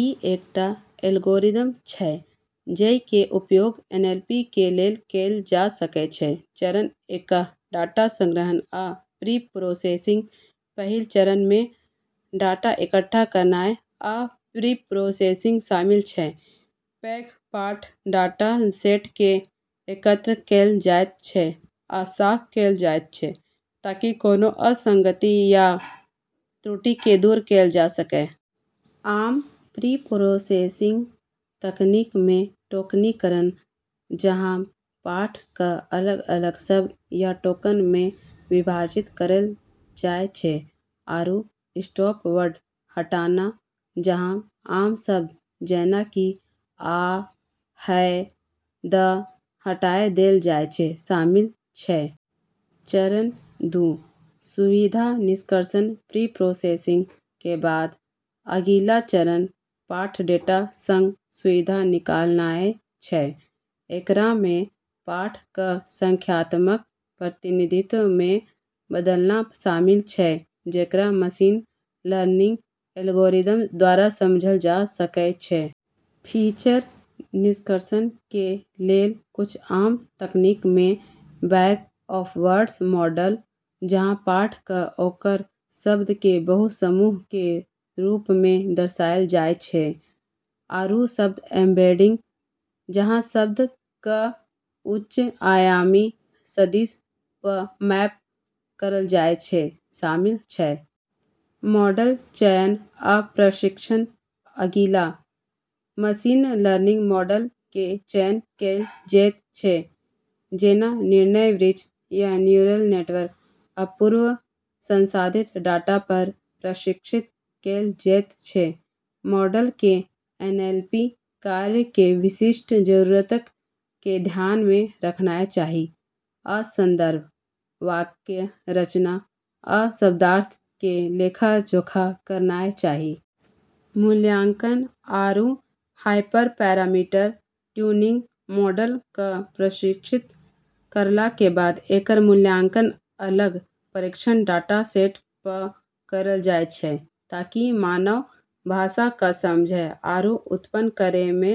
इ एकटा एल्गोरिदम छै जइ के उपयोग एनएलपी के लेल कैल जा सकय छै: चरण एक: डाटा संग्रहण आ प्रीप्रोसेसिंग पहिल चरण मे डाटा इकट्ठा करनाय आ प्रीप्रोसेसिंग शामिल छै। पैघ पाठ डाटासेट के एकत्र कैल जायत छै आ साफ कैल जायत छै, ताकि कोनों असंगति या त्रुटि के दूर कैल जा सकय। आम प्रीप्रोसेसिंग तकनीक मे टोकनीकरण, जहाँ पाठ क अलग-अलग शब्द या टोकन मे विभाजित करल जाय छै, आरू स्टॉप-वर्ड हटाना, जहाँ आम शब्द जैना कि 'आ', 'है', 'द' हटाय देल जाय छै, शामिल छै। चरण दू: सुविधा निष्कर्षण प्रीप्रोसेसिंग के बाद, अगिला चरण पाठ डेटा सं सुविधा निकालनाय छै। एकरा मे पाठ क संख्यात्मक प्रतिनिधित्व मे बदलना शामिल छै जेकरा मशीन लर्निंग एल्गोरिदम द्वारा समझल जा सकै छै। फीचर निष्कर्षण के लेल कुछ आम तकनीक मे बैग-ऑफ-वर्ड्स मॉडल, जहाँ पाठ क ओकर शब्द के बहुसमूह के रूप मे दर्शायल जाय छै, आरू शब्द एम्बेडिंग, जहाँ शब्द क उच्च-आयामी सदिश प मैप करल जाय छै, शामिल छै। मॉडल चयन आ प्रशिक्षण अगिला, मशीन लर्निंग मॉडल के चयन कैल जैत छै, जेना निर्णय वृक्ष, या न्यूरल नेटवर्क, आ पूर्व संसाधित डाटा पर प्रशिक्षित कैल जैत छै। मॉडल के एनएलपी कार्य के विशिष्ट जरूरतक के ध्यान मे रखनाय चाही, आ संदर्भ, वाक्य रचना, आ शब्दार्थ के लेखा-जोखा करनाय चाही। मूल्यांकन आरू हाइपरपैरामीटर ट्यूनिंग मॉडल क प्रशिक्षित करला के बाद एकर मूल्यांकन अलग परीक्षण डाटासेट प करल जाय छै ताकि मानव भाषा क समझै आरू उत्पन्न करै मे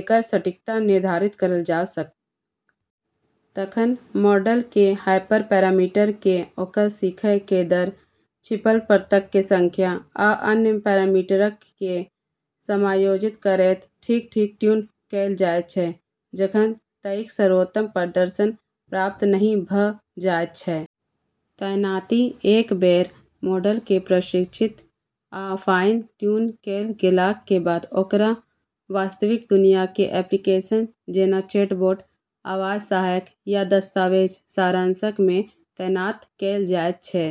एकर सटीकता निर्धारित करल जा सक। तखन मॉडल के हाइपरपैरामीटर के ओकर सीखय के दर, छिपल परतक के संख्या, आ अन्य पैरामीटरक के समायोजित करयत ठीक-ठीक ट्यून कैल जायत छै, जखन तइक सर्वोत्तम प्रदर्शन प्राप्त नहि भ जायत छै। तैनाती एक बेर मॉडल के प्रशिक्षित आ फाइन-ट्यून कैल गेलाक के बाद, ओकरा वास्तविक दुनिया के एप्लीकेशन जेना चैटबॉट, आवाज सहायक, या दस्तावेज सारांशक मे तैनात कैल जायत छै।